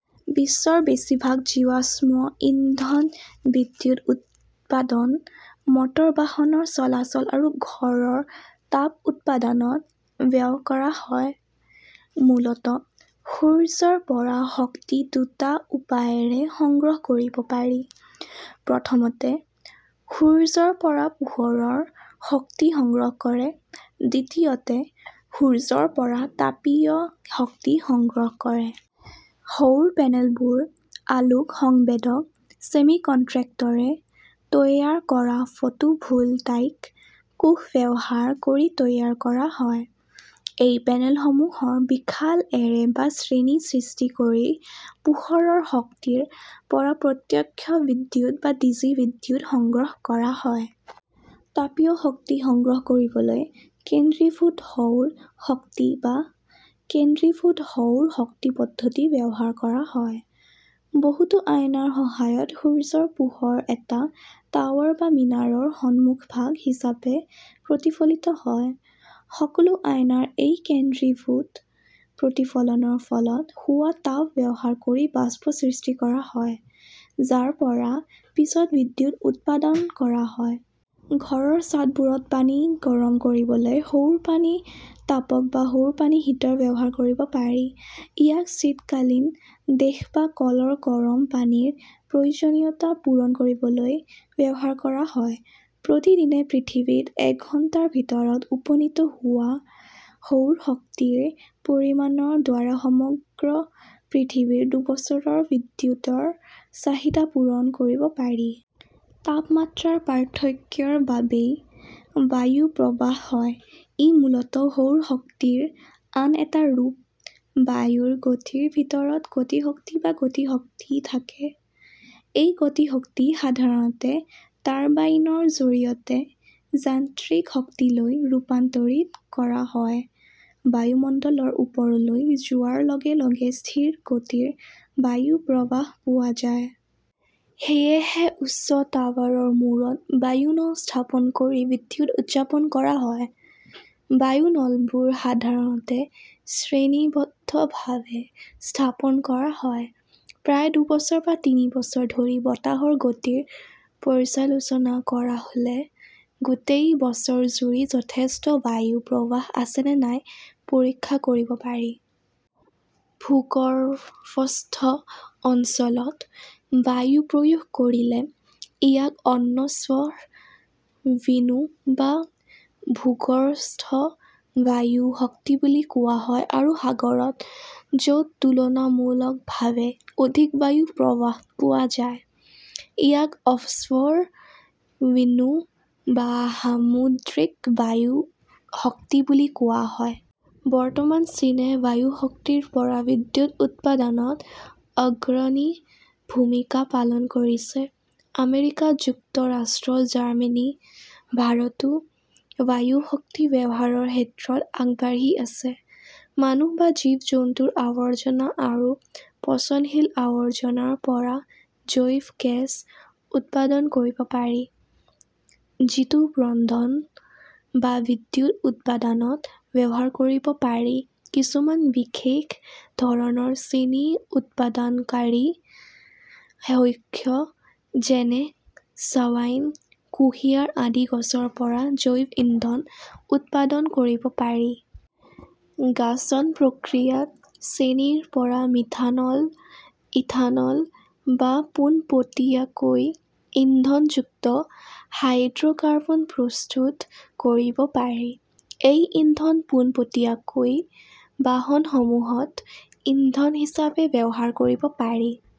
বিশ্বৰ বেছিভাগ জীৱাশ্ম ইন্ধন বিদ্যুৎ উৎপাদন, মটৰ বাহনৰ চলাচল আৰু ঘৰৰ তাপ উৎপাদনত ব্যয় কৰা হয়। মূলতঃ সূৰ্যৰ পৰা শক্তি দুটা উপায়েৰে সংগ্ৰহ কৰিব পাৰি। প্ৰথমতে, সূৰ্যৰ পৰা পোহৰৰ শক্তি সংগ্ৰহ কৰে, দ্বিতীয়তে, সূৰ্যৰ পৰা তাপীয় শক্তি সংগ্ৰহ কৰে। সৌৰ পেনেলবোৰ আলোক সংবেদক ছেমিকনট্ৰেক্টৰে তৈয়াৰ কৰা ফটোভোলটাইক কোষ ব্যৱহাৰ কৰি তৈয়াৰ কৰা হয়। এই পেনেলসমূহৰ বিশাল এৰে বা শ্ৰেণী সৃষ্টি কৰি পোহৰৰ শক্তিৰ পৰা প্ৰত্যক্ষ বিদ্যুৎ বা ডিচি বিদ্যুৎ সংগ্ৰহ কৰা হয়। তাপীয় শক্তি সংগ্ৰহ কৰিবলৈ কেন্দ্ৰীভূত সৌৰ শক্তি বা ''কেন্দ্ৰীভূত সৌৰ শক্তি পদ্ধতি "ব্যৱহাৰ কৰা হয়। বহুতো আইনাৰ সহায়ত সূৰ্যৰ পোহৰ এটা টাৱাৰ বা মিনাৰৰ সন্মুখভাগ হিচাপে প্ৰতিফলিত হয়। সকলো আইনাৰ এই কেন্দ্ৰীভূত প্ৰতিফলনৰ ফলত হোৱা তাপ ব্যৱহাৰ কৰি বাষ্প সৃষ্টি কৰা হয়, যাৰ পৰা পিছত বিদ্যুৎ উৎপাদন কৰা হয়। ঘৰৰ ছাদবোৰত পানী গৰম কৰিবলৈ সৌৰ-পানী-তাপক বা সৌৰ পানী হিটাৰ ব্যৱহাৰ কৰিব পাৰি। ইয়াক শীতকালীন দেশ বা কলৰ গৰম পানীৰ প্ৰয়োজনীয়তা পূৰণ কৰিবলৈ ব্যৱহাৰ কৰা হয়। প্ৰতিদিনে পৃথিৱীত এঘণ্টাৰ ভিতৰত উপনীত হোৱা সৌৰ শক্তিৰ পৰিমাণৰ দ্বাৰা সমগ্ৰ পৃথিৱীৰ দুবছৰৰ বিদ্যুৎৰ চাহিদা পূৰণ কৰিব পাৰি। তাপমাত্ৰাৰ পাৰ্থক্যৰ বাবেই বায়ু প্ৰবাহ হয়। ই মূলতঃ সৌৰ শক্তিৰ আন এটা ৰূপ। বায়ুৰ গতিৰ ভিতৰত গতিশক্তি বা গতিশক্তি থাকে। এই গতিশক্তি সাধাৰণতে টাৰ্বাইনৰ জৰিয়তে যান্ত্ৰিক শক্তিলৈ ৰূপান্তৰিত কৰা হয়। বায়ুমণ্ডলৰ ওপৰলৈ যোৱাৰ লগে লগে স্থিৰ গতিৰ বায়ু প্ৰবাহ পোৱা যায়। সেয়েহে উচ্চ টাৱাৰৰ মূৰত বায়ু নল স্থাপন কৰি বিদ্যুৎ উৎযাপন কৰা হয়। বায়ু নলবোৰ সাধাৰণতে শ্ৰেণীবদ্ধভাৱে স্থাপন কৰা হয়। প্ৰায় দুবছৰ বা তিনি বছৰ ধৰি বতাহৰ গতিৰ পৰ্যালোচনা কৰা হ "লে গোটেই বছৰজুৰি যথেষ্ট বায়ু প্ৰৱাহ আছে নে নাই পৰীক্ষা কৰিব পাৰি। ভূগৰ্ভস্থ অঞ্চলত বায়ু প্ৰয়োগ কৰিলে ইয়াক অন-শ্ব "ৰ-ৱিণু বা ভূগৰ্ভস্থ বায়ু শক্তি বুলি কোৱা হয় আৰু সাগৰত, য'ত তুলনামূলকভাৱে অধিক বায়ু প্ৰৱাহ পোৱা যায়, ইয়াক অফ-শ্ব' ৰ-ৱিণ্ড বা সামুদ্ৰিক বায়ু শক্তি বুলি কোৱা হয়। বৰ্তমান চীনে বায়ু শক্তিৰ পৰা বিদ্যুৎ উৎপাদনত অগ্ৰণী ভূমিকা পালন কৰিছে। আমেৰিকা যুক্তৰাষ্ট্ৰ, জাৰ্মানী, ভাৰতো বায়ু শক্তি ব্যৱহাৰৰ ক্ষেত্ৰত আগবাঢ়ি আছে। মানুহ বা জীৱ-জন্তুৰ আৱৰ্জনা আৰু পচনশীল আৱৰ্জনাৰ পৰা জৈৱ গেছ উৎপাদন কৰিব পাৰি, যিটো ৰন্ধন বা বিদ্যুৎ উৎপাদনত ব্যৱহাৰ কৰিব পাৰি-কিছুমান বিশেষ ধৰণৰ চেনী উৎপাদনকাৰী শস্য; যেনেঃ ছাৱাইন, কুঁহিয়াৰ আদি গছৰ পৰা জৈৱ ইন্ধন উৎপাদন কৰিব পাৰি। গাঁজন প্ৰক্ৰিয়াত চেনিৰ পৰা মিথানল, ইথানল বা পোনপটীয়াকৈ ইন্ধনযুক্ত হাইড্ৰ কাৰ্বন প্ৰস্তুত কৰিব পাৰি। এই ইন্ধন পোনপটীয়াকৈ বাহনসমূহত ইন্ধন হিচাপে ব্যৱহাৰ কৰিব পাৰি।